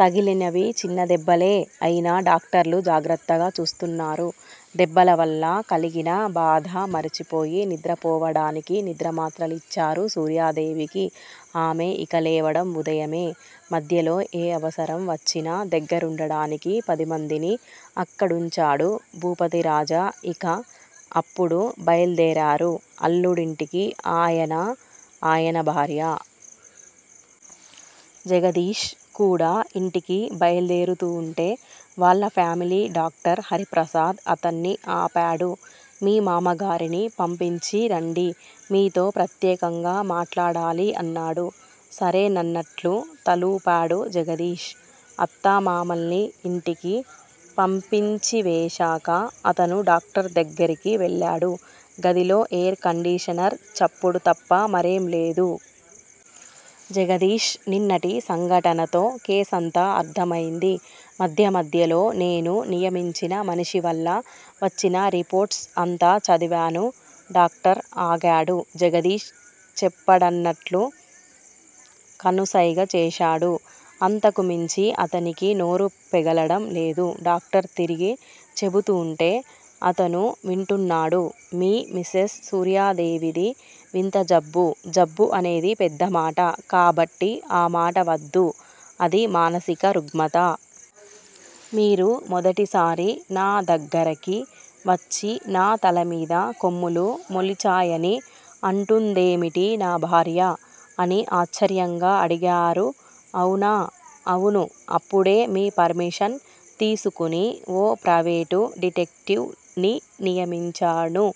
తగిలినవి చిన్న దెబ్బలే అయినా డాక్టర్లు జాగ్రత్తగా చూస్తున్నారు. దెబ్బలవల్ల కలిగిన బాధ మరిచిపోయి నిద్ర పోవడానికి నిద్ర మాత్ర లిచ్చారు సూర్యాదేవికి. ఆమె ఇక లేవడం ఉదయమే. మధ్యలో ఏ అవసరం వచ్చినా దగ్గరుండడానికి పదిమందిని అక్కడుంచాడు భూపతిరాజా ఇక అప్పుడు బయల్దేరారు అల్లుడింటికి ఆయనా, ఆయన భార్యా. జగదీష్ కూడా ఇంటికి బయల్దేరుతూంటే వాళ్ళ ఫ్యామిలీ డాక్టర్ హరిప్రసాద్ అతన్ని ఆపాడు. మీ మామగారిని పంపించి రండి. మీతో ప్రత్యేకంగా మాట్లాడాలి అన్నాడు. సరే నన్నట్లు తలూపాడు జగదీష్. అత్తామామల్ని ఇంటికి పంపించివేశాక అతను డాక్టర్ దగ్గరికి వెళ్ళాడు. గదిలో ఏర్ కండీషనర్ చప్పుడు తప్ప మరేం లేదు. జగదీష్! నిన్నటి సంఘటనతో కేసంతా అర్ధమైంది. మధ్య మధ్యలో నేను నియమించిన మనిషి వల్ల వచ్చిన రిపోర్ట్స్ అంతా చదివాను డాక్టర్ ఆగాడు. జగదీష్ చెప్పండన్నట్లు కనుసైగ చేశాడు. అంతకుమించి అతనికి నోరు పెగలడం లేదు. డాక్టర్ తిరిగి చెబుతుంటే అతను వింటున్నాడు. మీ మిసెస్ సూర్యాదేవిది వింత జబ్బు జబ్బు అనేది పెద్ద మాట కాబట్టి ఆ మాట వద్దు- అది మానసిక రుగ్మత. మీరు మొదటిసారి నా దగ్గరికి వచ్చి 'నా తలమీద కొమ్ములు మొలిచాయని అంటుందేమిటి నా భార్య' అని ఆశ్చర్యంగా అడిగారు అవునా? అవును అప్పుడే మీ పర్మిషన్ తీసుకుని ఓ ప్రైవేటు డిటెక్టివ్ ని నియమించాను.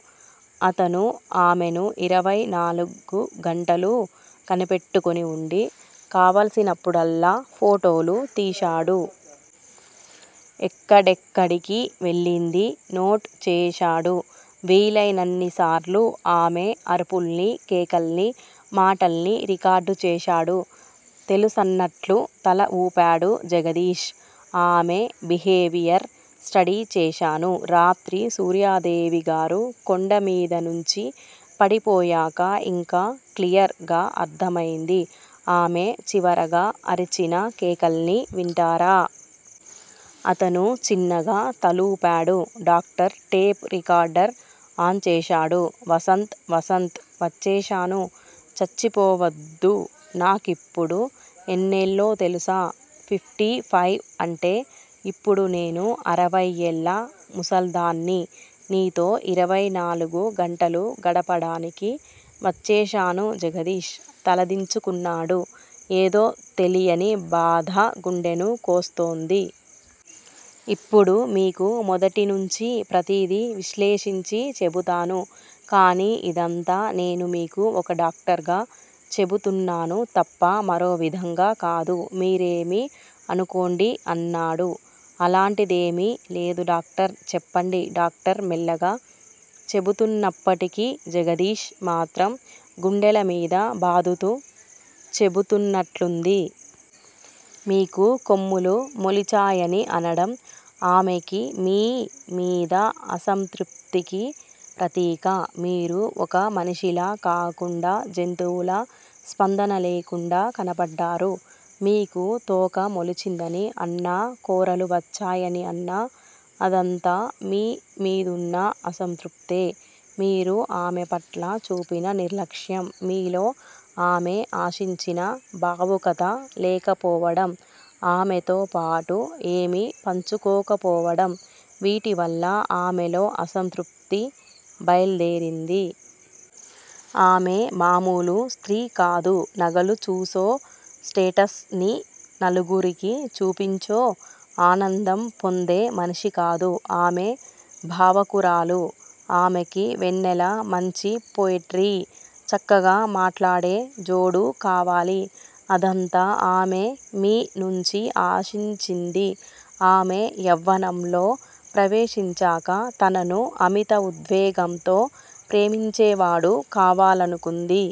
అతను ఆమెను ఇరవై నాలుగు గంటలూ కనిపెట్టుకుని వుండి కావాల్సినప్పుడల్లా ఫోటోలు తీశాడు. ఎక్కడెక్కడికి వెళ్ళిందీ నోట్ చేశాడు. వీలైనన్నిసార్లు ఆమె అరుపుల్ని కేకల్ని, మాటల్ని రికార్డు చేశాడు తెలుసన్నట్లు తల ఊపాడు జగదీష్. ఆమె బిహేవియర్ స్టడీ చేశాను. రాత్రి సూర్యాదేవిగారు కొండ మీద నుంచి పడిపోయాక ఇంకా క్లియర్ గా అర్ధమైంది. ఆమె చివరగా అరిచిన కేకల్ని వింటారా? అతను చిన్నగా తలూపాడు. డాక్టర్ టేప్ రికార్డర్ ఆన్ చేశారు. వసంత్ వసంత్ వచ్చేశాను చచ్చిపోవద్దు నాకిప్పుడు ఎన్నేళ్ళో తెలుసా? ఫిఫ్టీ ఫైవ్ అంటే ఇప్పుడు నేను అరయ్యేళ్ళ ముసల్దాన్ని నీతో ఇరవై నాలుగు గంటలు గడపడానికి వచ్చేశాను జగదీష్ తలదించుకున్నాడు. ఏదో తెలియని బాధ గుండెను కోస్తోంది. ఇప్పుడు మీకు మొదటి నుంచీ ప్రతిదీ విశ్లేషించి చెబుతాను. కానీ ఇదంతా నేను మీకు ఒక డాక్టర్ గా చెబుతున్నాను తప్ప మరో విధంగా కాదు. మీరేమీ అనుకోండి అన్నాడు. అలాంటిదేమీ లేదు డాక్టర్ చెప్పండి డాక్టర్ మెల్లగా చెబుతున్నప్పటికి జగదీష్ మాత్రం గుండెల మీద బాదుతూ చెబుతున్నట్లుంది. మీకు కొమ్ములు మోలిచాయని అనడం ఆమెకి మీ మీద అసంతృప్తికి ప్రతీక. మీరు ఒక మనిషిలా కాకుండా జంతువులా, స్పందన లేకుండా కనపడ్డారు. మీకు తోక మొలిచిందని అన్నా కోరలు వచ్చాయని అన్నా- అదంతా మీ మీదున్న అసంతృప్తే. మీరు ఆమె పట్ల చూపిన నిర్లక్ష్యం, మీలో ఆమె ఆశించిన భావుకత లేకపోవడం- ఆమెతోపాటు ఏమీ పంచుకోకపోవడం- వీటివల్ల ఆమెలో అసంతృప్తి బయల్దేరింది. ఆమె మామూలు స్త్రీ కాదు నగలు చూసో, స్టేటస్ ని నలుగురికి చూపించో ఆనందం పొందే మనిషికాదు. ఆమె భావుకురాలు ఆమెకి వెన్నెల మంచి పొయిట్రీ, చక్కగా మాట్లాడే జోడూ కావాలి. అదంతా ఆమె మీ నుంచి ఆశించింది. ఆమె యవ్వనంలో ప్రవేశించాక తనను అమిత ఉద్వేగంతో ప్రేమించేవాడు కావాలనుకుంది.